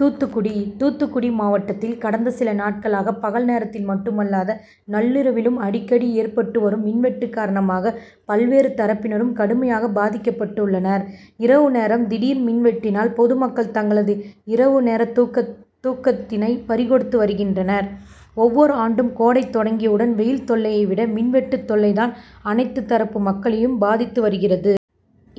தூத்துக்குடி தூத்துக்குடி மாவட்டத்தில் கடந்த சில நாட்களாக பகல் நேரத்தில் மட்டுமல்லாது நள்ளிரவிலும் அடிக்கடி ஏற்பட்டு வரும் மின்வெட்டு காரணமாக பல்வேறு தரப்பினரும் கடுமையாக பாதிக்கப்பட்டு உள்ளனர். இரவு நேர திடீர் மின்வெட்டினால் பொதுமக்கள் தங்களது இரவு நேர தூக்கத்தினை பறிகொடுத்து வருகின்றனர். ஒவ்வொரு ஆண்டும் கோடை தொடங்கியுடன் வெயில் தொல்லையை விட மின்வெட்டு தொல்லைதான் அனைத்து தரப்பு மக்களையும் பாதித்து வருகிறது.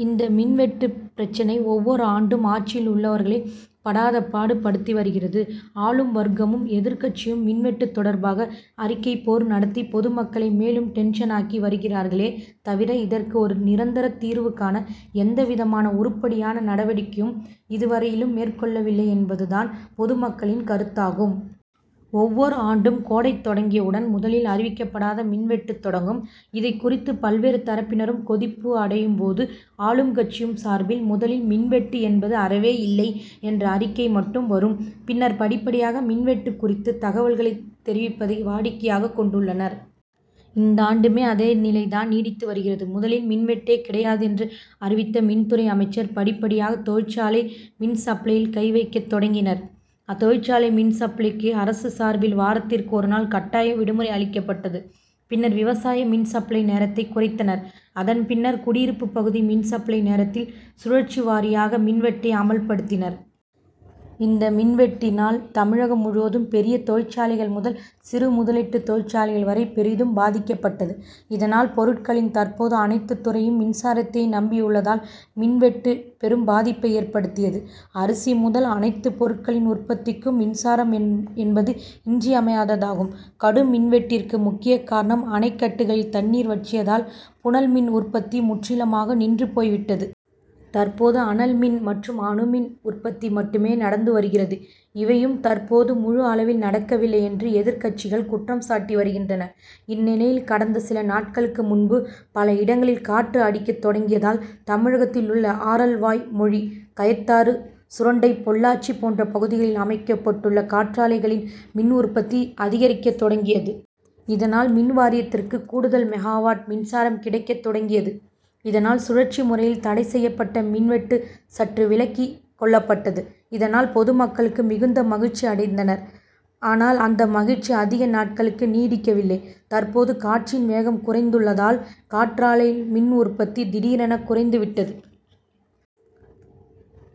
இந்த மின்வெட்டு பிரச்னை ஒவ்வொரு ஆண்டும் ஆட்சியில் உள்ளவர்களை படாதபாடு படுத்தி வருகிறது. ஆளும் வர்க்கமும் எதிர்கட்சியும் மின்வெட்டு தொடர்பாக அறிக்கை போர் நடத்தி பொதுமக்களை மேலும் டென்சன் ஆக்கி வருகிறார்களே தவிர இதற்காக ஒரு நிரந்தர தீர்வு காண எந்தவிதமான உருப்படியான நடவடிக்கையையும் இதுவரையிலும் மேற்கொள்ளவில்லை என்பது தான் பொதுமக்களின் கருத்தாகும். ஒவ்வொரு ஆண்டும் கோடை தொடங்கியவுடன் முதலில் அறிவிக்கப்படாத மின்வெட்டு தொடங்கும். இது குறித்து பல்வேறு தரப்பினரும் கொதிப்பு அடையும் போது ஆளும்கட்சி சார்பில் முதலில் மின்வெட்டு என்பது அறவே இல்லை என்ற அறிக்கை மட்டும் வரும். பின்னர் படிப்படியாக மின்வெட்டு குறித்த தகவல்களை தெரிவிப்பதை வாடிக்கையாக கொண்டுள்ளனர். இந்தாண்டும் அதே நிலை தான் நீடித்து வருகிறது. முதலில் மின்வெட்டே கிடையாது என்று அறிவித்த மின்துறை அமைச்சர் படிப்படியாக தொழிற்சாலை மின்சப்ளையில் கைவைக்கத் தொடங்கினர். தொழிற்சாலை மின்சப்ளைக்கு அரசு சார்பில் வாரத்திற்கு ஒருநாள் கட்டாய விடுமுறை அளிக்கப்பட்டது. பின்னர் விவசாய மின்சப்ளை நேரத்தை குறைத்தனர். அதன்பின்னர் குடியிருப்பு பகுதி மின்சப்ளை நேரத்தில் சுழற்சிவாரியாக மின்வெட்டை அமல்படுத்தினர். இந்த மின்வெட்டினால் தமிழகம் முழுவதும் பெரிய தொழிற்சாலைகள் முதல் சிறுமுதலீட்டு தொழிற்சாலைகள் வரை பெரிதும் பாதிக்கப்பட்டது. இதனால் பொருட்களின் தற்போது அனைத்து துறையும் மின்சாரத்தையே நம்பி உள்ளதால் மின்வெட்டு பெரும்பாதிப்பை ஏற்படுத்தியது. அரிசி முதல் அனைத்து பொருட்களின் உற்பத்திக்கும் மின்சாரம் என்பது இன்றியமையாததாகும். கடும் மின்வெட்டிற்கு முக்கிய காரணம் அணைகட்டுகளில் தண்ணீர் வற்றியதால் புனல்மின் உற்பத்தி முற்றிலுமாக நின்றுபோய்விட்டது. தற்போது அனல்மின் மற்றும் அணுமின் உற்பத்தி மட்டுமே நடந்து வருகிறது. இவையும் தற்போது முழு அளவில் நடக்கவில்லை என்று எதிர்கட்சிகள் குற்றம் சாட்டி வருகின்றனர். இந்நிலையில் கடந்த சில நாட்களுக்கு முன்பு பல இடங்களில் காற்று அடிக்கத் தொடங்கியதால் தமிழகத்தில் உள்ள ஆரல்வாய்மொழி கயத்தாறு சுரண்டை பொள்ளாச்சி போன்ற பகுதிகளில் அமைக்கப்பட்டுள்ள காற்றாலைகளில் மின்உற்பத்தி அதிகரிக்க தொடங்கியது. இதனால் மின்வாரியத்திற்கு கூடுதல் மெகாவாட் மின்சாரம் கிடைக்கத் தொடங்கியது. இதனால் சுழற்சி முறையில் தடைசெய்யப்பட்ட மின்வெட்டு சற்று விலக்கி கொள்ளப்பட்டது. இதனால் பொதுமக்கள் மிகுந்த மகிழ்ச்சி அடைந்தனர். ஆனால் அந்த மகிழ்ச்சி அதிக நாட்களுக்கு நீடிக்கவில்லை. தற்போது காற்றின் வேகம் குறைந்துள்ளதால் காற்றாலை மின் உற்பத்தி திடீரென குறைந்துவிட்டது.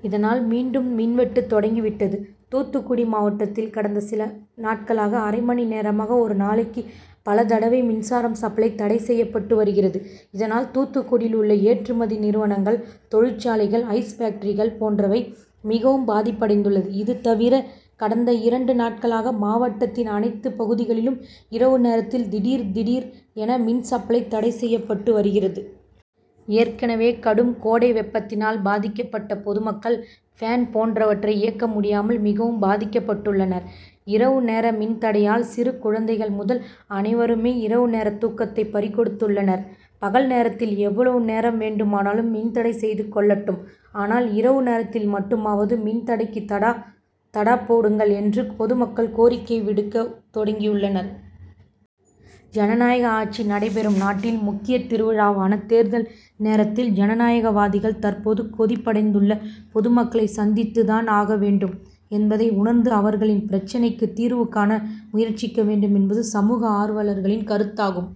இதனால் மீண்டும் மின்வெட்டு தொடங்கிவிட்டது. தூத்துக்குடி மாவட்டத்தில் கடந்த சில நாட்களாக அரைமணி நேரமாக ஒரு நாளைக்கு பலதடவை மின்சார சப்ளை தடை செய்யப்பட்டு வருகிறது. இதனால் தூத்துக்குடியில் உள்ள ஏற்றுமதி நிறுவனங்கள் தொழிற்சாலைகள் ஐஸ் பேக்டரிகள் போன்றவை மிகவும் பாதிப்படைந்துள்ளது. இதுதவிர கடந்த இரண்டு நாட்களாக மாவட்டத்தின் அனைத்து பகுதிகளிலும் இரவு நேரத்தில் திடீர் திடீர் என மின்சப்ளை தடை செய்யப்பட்டு வருகிறது. ஏற்கனவே கடும்கோடை வெப்பத்தினால் பாதிக்கப்பட்ட பொதுமக்கள் பேன் போன்றவற்றை இயக்க முடியாமல் மிகவும் பாதிக்கப்பட்டுள்ளனர். இரவு நேர மின்தடையால் சிறு குழந்தைகள் முதல் அனைவரும் இரவு நேர தூக்கத்தை பறிகொடுத்துள்ளனர். பகல் நேரத்தில் எவ்வளவு நேரம் வேண்டுமானாலும் மின்தடை செய்து கொள்ளட்டும் ஆனால் இரவு நேரத்தில் மட்டுமாவது மின்தடைக்கு தடா போடுங்கள் என்று பொதுமக்கள் கோரிக்கை விடுக்க தொடங்கியுள்ளனர். ஜனநாயக ஆட்சிநடைபெறும் நாட்டில் முக்கிய திருவிழாவான தேர்தல் நேரத்தில் ஜனநாயகவாதிகள் தற்போது கொதிப்படைந்துள்ள பொதுமக்களை சந்தித்துதான் ஆக வேண்டும் என்பதை உணர்ந்து அவர்களின் பிரச்னைக்கு தீர்வுகாண முயற்சிக்க வேண்டும் என்பது சமூக ஆர்வலர்களின் கருத்தாகும்.